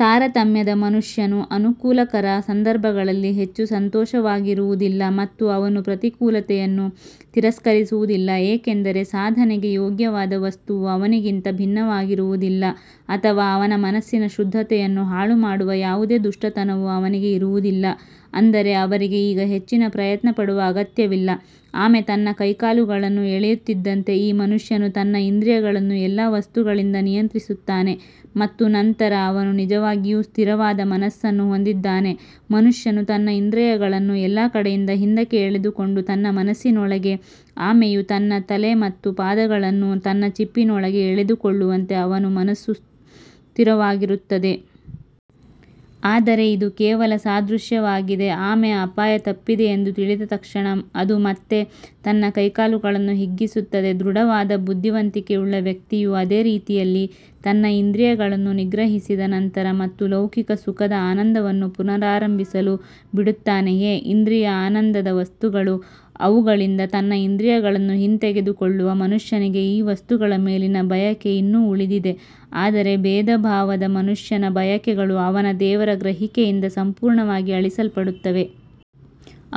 ತಾರತಮ್ಯದ ಮನುಷ್ಯನು ಅನುಕೂಲಕರ ಸಂದರ್ಭಗಳಲ್ಲಿ ಹೆಚ್ಚು ಸಂತೋಷವಾಗಿರುವುದಿಲ್ಲ ಮತ್ತು ಅವನು ಪ್ರತಿಕೂಲತೆಯನ್ನು ತಿರಸ್ಕರಿಸುವುದಿಲ್ಲ ಏಕೆಂದರೆ ಸಾಧನೆಗೆ ಯೋಗ್ಯವಾದ ವಸ್ತುವು ಅವನಿಗಿಂತ ಭಿನ್ನವಾಗಿರುವುದಿಲ್ಲ ಅಥವಾ ಅವನ ಮನಸ್ಸಿನ ಶುದ್ಧತೆಯನ್ನು ಹಾಳುಮಾಡುವ ಯಾವುದೇ ದುಷ್ಟತನವು ಅವನಿಗೆ ಇರುವುದಿಲ್ಲ. ಅಂದರೆ ಅವರಿಗೆ ಈಗ ಹೆಚ್ಚಿನ ಪ್ರಯತ್ನ ಪಡುವ ಅಗತ್ಯವಿಲ್ಲ ಆಮೆ ತನ್ನ ಕೈಕಾಲುಗಳನ್ನು ಎಳೆಯುತ್ತಿದ್ದಂತೆ ಈ ಮನುಷ್ಯನು ತನ್ನ ಇಂದ್ರಿಯಗಳನ್ನು ಎಲ್ಲಾ ವಸ್ತುಗಳಿಂದ ನಿಯಂತ್ರಿಸುತ್ತಾನೆ ಮತ್ತು ನಂತರ ಅವನು ನಿಜವಾಗಿಯೂ ಸ್ಥಿರವಾದ ಮನಸ್ಸನ್ನು ಹೊಂದಿದ್ದಾನೆ ಮನುಷ್ಯನು ತನ್ನ ಇಂದ್ರಿಯಗಳನ್ನು ಎಲ್ಲಾ ಕಡೆಯಿಂದ ಹಿಂದಕ್ಕೆ ಎಳೆದುಕೊಂಡು ತನ್ನ ಮನಸ್ಸಿನೊಳಗೆ ಆಮೆಯು ತನ್ನ ತಲೆ ಮತ್ತು ಪಾದಗಳನ್ನು ತನ್ನ ಚಿಪ್ಪಿನೊಳಗೆ ಎಳೆದುಕೊಳ್ಳುವಂತೆ ಅವನ ಮನಸ್ಸು ಸ್ಥಿರವಾಗಿರುತ್ತದೆ. ಆದರೆ ಇದು ಕೇವಲ ಸಾದೃಶ್ಯವಾಗಿದೆ ಆಮೆ ಅಪಾಯ ತಪ್ಪಿದೆ ಎಂದು ತಿಳಿದ ತಕ್ಷಣ ಅದು ಮತ್ತೆ ತನ್ನ ಕೈಕಾಲುಗಳನ್ನು ಹಿಗ್ಗಿಸುತ್ತದೆ ದೃಢವಾದ ಬುದ್ಧಿವಂತಿಕೆಯುಳ್ಳ ವ್ಯಕ್ತಿಯು ಅದೇ ರೀತಿಯಲ್ಲಿ ತನ್ನ ಇಂದ್ರಿಯಗಳನ್ನು ನಿಗ್ರಹಿಸಿದ ನಂತರ ಮತ್ತು ಲೌಕಿಕ ಸುಖದ ಆನಂದವನ್ನು ಪುನರಾರಂಭಿಸಲು ಬಿಡುತ್ತಾನೆಯೇ? ಇಂದ್ರಿಯ ಆನಂದದ ವಸ್ತುಗಳು ಅವುಗಳಿಂದ ತನ್ನ ಇಂದ್ರಿಯಗಳನ್ನು ಹಿಂತೆಗೆದುಕೊಳ್ಳುವ ಮನುಷ್ಯನಿಗೆ ಈ ವಸ್ತುಗಳ ಮೇಲಿನ ಬಯಕೆ ಇನ್ನೂ ಉಳಿದಿದೆ ಆದರೆ ಭೇದಭಾವದ ಮನುಷ್ಯನ ಬಯಕೆಗಳು ಅವನ ದೇವರ ಗ್ರಹಿಕೆಯಿಂದ ಸಂಪೂರ್ಣವಾಗಿ ಅಳಿಸಲ್ಪಡುತ್ತವೆ.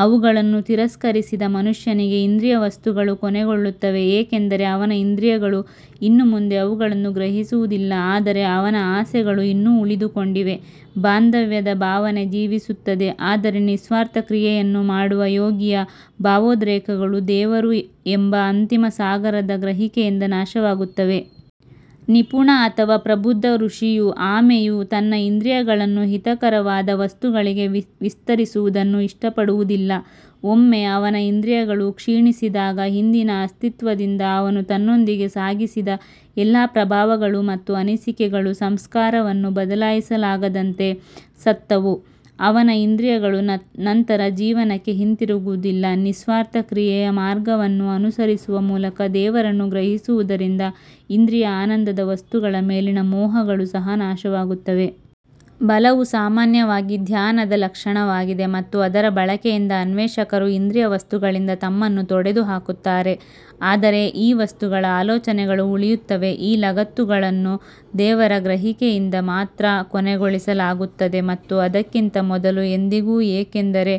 ಅವುಗಳನ್ನು ತಿರಸ್ಕರಿಸಿದ ಮನುಷ್ಯನಿಗೆ ಇಂದ್ರಿಯ ವಸ್ತುಗಳು ಕೊನೆಗೊಳ್ಳುತ್ತವೆ ಏಕೆಂದರೆ ಅವನ ಇಂದ್ರಿಯಗಳು ಇನ್ನು ಮುಂದೆ ಅವುಗಳನ್ನು ಗ್ರಹಿಸುವುದಿಲ್ಲ ಆದರೆ ಅವನ ಆಸೆಗಳು ಇನ್ನೂ ಉಳಿದುಕೊಂಡಿವೆ. ಬಾಂಧವ್ಯದ ಭಾವನೆ ಜೀವಿಸುತ್ತದೆ ಆದರೆ ನಿಸ್ವಾರ್ಥ ಕ್ರಿಯೆಯನ್ನು ಮಾಡುವ ಯೋಗಿಯ ಭಾವೋದ್ರೇಕಗಳು ದೇವರು ಎಂಬ ಅಂತಿಮ ಸಾರದ ಗ್ರಹಿಕೆಯಿಂದ ನಾಶವಾಗುತ್ತವೆ. ನಿಪುಣ ಅಥವಾ ಪ್ರಬುದ್ಧ ಋಷಿಯು ಆಮೆಯು ತನ್ನ ಇಂದ್ರಿಯಗಳನ್ನು ಹಿತಕರವಾದ ವಸ್ತುಗಳಿಗೆ ವಿಸ್ತರಿಸುವುದನ್ನು ಇಷ್ಟಪಡುವುದಿಲ್ಲ. ಒಮ್ಮೆ ಅವನ ಇಂದ್ರಿಯಗಳು ಕ್ಷೀಣಿಸಿದಾಗ, ಹಿಂದಿನ ಅಸ್ತಿತ್ವದಿಂದ ಅವನು ತನ್ನೊಂದಿಗೆ ಸಾಗಿಸಿದ ಎಲ್ಲಾ ಪ್ರಭಾವಗಳು ಮತ್ತು ಅನಿಸಿಕೆಗಳು ಸಂಸ್ಕಾರವನ್ನು ಬದಲಾಯಿಸಲಾಗದಂತೆ ಸತ್ತವು. ಅವನ ಇಂದ್ರಿಯಗಳು ನಂತರ ಜೀವನಕ್ಕೆ ಹಿಂತಿರುಗುವುದಿಲ್ಲ ನಿಸ್ವಾರ್ಥ ಕ್ರಿಯೆಯ ಮಾರ್ಗವನ್ನು ಅನುಸರಿಸುವ ಮೂಲಕ ದೇವರನ್ನು ಗ್ರಹಿಸುವುದರಿಂದ ಇಂದ್ರಿಯ ಆನಂದದ ವಸ್ತುಗಳ ಮೇಲಿನ ಮೋಹಗಳು ಸಹ ನಾಶವಾಗುತ್ತವೆ. ಬಲವು ಸಾಮಾನ್ಯವಾಗಿ ಧ್ಯಾನದ ಲಕ್ಷಣವಾಗಿದೆ ಮತ್ತು ಅದರ ಬಳಕೆಯಿಂದ ಅನ್ವೇಷಕರು ಇಂದ್ರಿಯ ವಸ್ತುಗಳಿಂದ ತಮ್ಮನ್ನು ತೊಡೆದುಹಾಕುತ್ತಾರೆ ಆದರೆ ಈ ವಸ್ತುಗಳ ಆಲೋಚನೆಗಳು ಉಳಿಯುತ್ತವೆ ಈ ಲಗತ್ತುಗಳನ್ನು ದೇವರ ಗ್ರಹಿಕೆಯೊಂದಿಗೆ ಮಾತ್ರ ಕೊನೆಗೊಳಿಸಲಾಗುತ್ತದೆ ಮತ್ತು ಅದಕ್ಕಿಂತ ಮೊದಲು ಎಂದಿಗೂ ಏಕೆಂದರೆ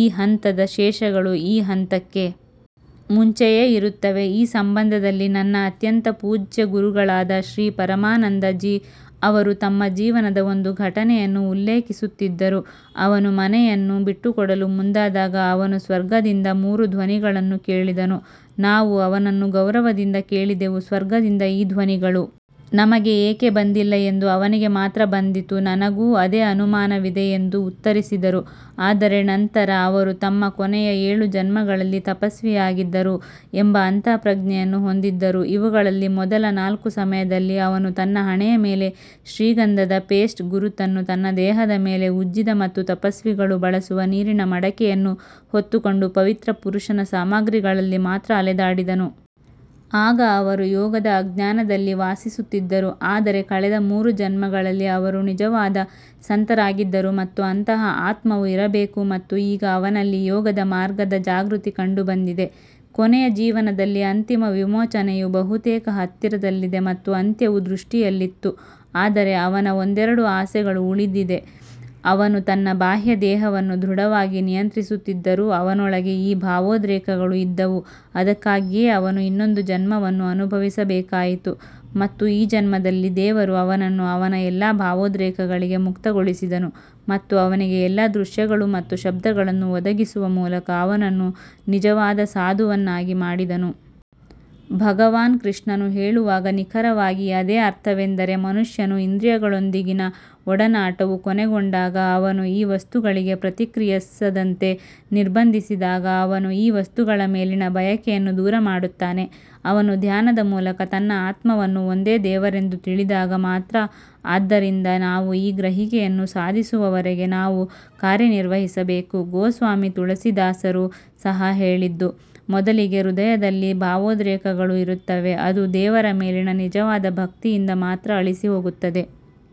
ಈ ಹಂತದ ಶೇಷಗಳು ಈ ಹಂತಕ್ಕೆ ಮುಂಚೆಯೇ ಇರುತ್ತವೆ ಈ ಸಂಬಂಧದಲ್ಲಿ ನನ್ನ ಅತ್ಯಂತ ಪೂಜ್ಯ ಗುರುಗಳಾದ ಶ್ರೀ ಪರಮಾನಂದ ಜಿ ಅವರು ತಮ್ಮ ಜೀವನದ ಒಂದು ಘಟನೆಯನ್ನು ಉಲ್ಲೇಖಿಸುತ್ತಿದ್ದರು ಅವನು ಮನೆಯನ್ನು ಬಿಟ್ಟುಕೊಡಲು ಮುಂದಾದಾಗ ಅವನು ಸ್ವರ್ಗದಿಂದ ಮೂರು ಧ್ವನಿಗಳನ್ನು ಕೇಳಿದನು ನಾವು ಅವನನ್ನು ಗೌರವದಿಂದ ಕೇಳಿದೆವು ಸ್ವರ್ಗದಿಂದ ಈ ಧ್ವನಿಗಳು ನಮಗೆ ಏಕೆ ಬಂದಿಲ್ಲ ಎಂದು ಅವನಿಗೆ ಮಾತ್ರ ಬಂದಿತು ನನಗೂ ಅದೇ ಅನುಮಾನವಿದೆ ಎಂದು ಉತ್ತರಿಸಿದರು ಆದರೆ ನಂತರ ಅವರು ತಮ್ಮ ಕೊನೆಯ ಏಳು ಜನ್ಮಗಳಲ್ಲಿ ತಪಸ್ವಿಯಾಗಿದ್ದರು ಎಂಬ ಅಂತಃಪ್ರಜ್ಞೆಯನ್ನು ಹೊಂದಿದ್ದರು ಇವುಗಳಲ್ಲಿ ಮೊದಲ ನಾಲ್ಕು ಸಮಯದಲ್ಲಿ ಅವನು ತನ್ನ ಹಣೆಯ ಮೇಲೆ ಶ್ರೀಗಂಧದ ಪೇಸ್ಟ್ ಗುರುತನ್ನು ತನ್ನ ದೇಹದ ಮೇಲೆ ಉಜ್ಜಿದ ಮತ್ತು ತಪಸ್ವಿಗಳು ಬಳಸುವ ನೀರಿನ ಮಡಕೆಯನ್ನು ಹೊತ್ತುಕೊಂಡು ಪವಿತ್ರ ಪುರುಷನ ಸಾಮಾಗ್ರಿಗಳಲ್ಲಿ ಮಾತ್ರ ಅಲೆದಾಡಿದನು. ಆಗ ಅವರು ಯೋಗದ ಅಜ್ಞಾನದಲ್ಲಿ ವಾಸಿಸುತ್ತಿದ್ದರು ಆದರೆ ಕಳೆದ ಮೂರು ಜನ್ಮಗಳಲ್ಲಿ ಅವರು ನಿಜವಾದ ಸಂತರಾಗಿದ್ದರು ಮತ್ತು ಅಂತಹ ಆತ್ಮವು ಇರಬೇಕು ಮತ್ತು ಈಗ ಅವನಲ್ಲಿ ಯೋಗದ ಮಾರ್ಗದ ಜಾಗೃತಿ ಕಂಡುಬಂದಿದೆ. ಕೊನೆಯ ಜೀವನದಲ್ಲಿ ಅಂತಿಮ ವಿಮೋಚನೆಯು ಬಹುತೇಕ ಹತ್ತಿರದಲ್ಲಿದೆ ಮತ್ತು ಅಂತ್ಯವು ದೃಷ್ಟಿಯಲ್ಲಿತ್ತು ಆದರೆ ಅವನ ಒಂದೆರಡು ಆಸೆಗಳು ಉಳಿದಿವೆ ಅವನು ತನ್ನ ಬಾಹ್ಯ ದೇಹವನ್ನು ದೃಢವಾಗಿ ನಿಯಂತ್ರಿಸುತ್ತಿದ್ದರೂ ಅವನೊಳಗೆ ಈ ಭಾವೋದ್ರೇಕಗಳು ಇದ್ದವು ಅದಕ್ಕಾಗಿಯೇ ಅವನು ಇನ್ನೊಂದು ಜನ್ಮವನ್ನು ಅನುಭವಿಸಬೇಕಾಯಿತು ಮತ್ತು ಈ ಜನ್ಮದಲ್ಲಿ ದೇವರು ಅವನನ್ನು ಅವನ ಎಲ್ಲಾ ಭಾವೋದ್ರೇಕಗಳಿಂದ ಮುಕ್ತಗೊಳಿಸಿದನು ಮತ್ತು ಅವನಿಗೆ ಎಲ್ಲಾ ದೃಶ್ಯಗಳು ಮತ್ತು ಶಬ್ದಗಳನ್ನು ಒದಗಿಸುವ ಮೂಲಕ ಅವನನ್ನು ನಿಜವಾದ ಸಾಧುವನ್ನಾಗಿ ಮಾಡಿದನು. ಭಗವಾನ್ ಕೃಷ್ಣನು ಹೇಳುವಾಗ ನಿಖರವಾಗಿ ಅದೇ ಅರ್ಥವೆಂದರೆ ಮನುಷ್ಯನು ಇಂದ್ರಿಯಗಳೊಂದಿಗಿನ ಒಡನಾಟವು ಕೊನೆಗೊಂಡಾಗ ಅವನು ಈ ವಸ್ತುಗಳಿಗೆ ಪ್ರತಿಕ್ರಿಯಿಸದಂತೆ ನಿರ್ಬಂಧಿಸಿದಾಗ ಅವನು ಈ ವಸ್ತುಗಳ ಮೇಲಿನ ಬಯಕೆಯನ್ನು ದೂರಮಾಡುತ್ತಾನೆ, ಅವನು ಧ್ಯಾನದ ಮೂಲಕ ತನ್ನ ಆತ್ಮವನ್ನು ಒಂದೇ ದೇವರೆಂದು ತಿಳಿದಾಗ ಮಾತ್ರ. ಆದ್ದರಿಂದ ನಾವು ಈ ಗ್ರಹಿಕೆಯನ್ನು ಸಾಧಿಸುವವರೆಗೆ ನಾವು ಕಾರ್ಯನಿರ್ವಹಿಸಬೇಕು ಗೋಸ್ವಾಮಿ ತುಳಸಿದಾಸರು ಸಹ ಹೇಳಿದ್ದು, ಮೊದಲಿಗೆ ಹೃದಯದಲ್ಲಿ ಭಾವೋದ್ರೇಕಗಳು ಇರುತ್ತವೆ, ಅದು ದೇವರ ಮೇಲಿನ ನಿಜವಾದ ಭಕ್ತಿಯಿಂದ ಮಾತ್ರ ಅಳಿಸಿಹೋಗುತ್ತದೆ.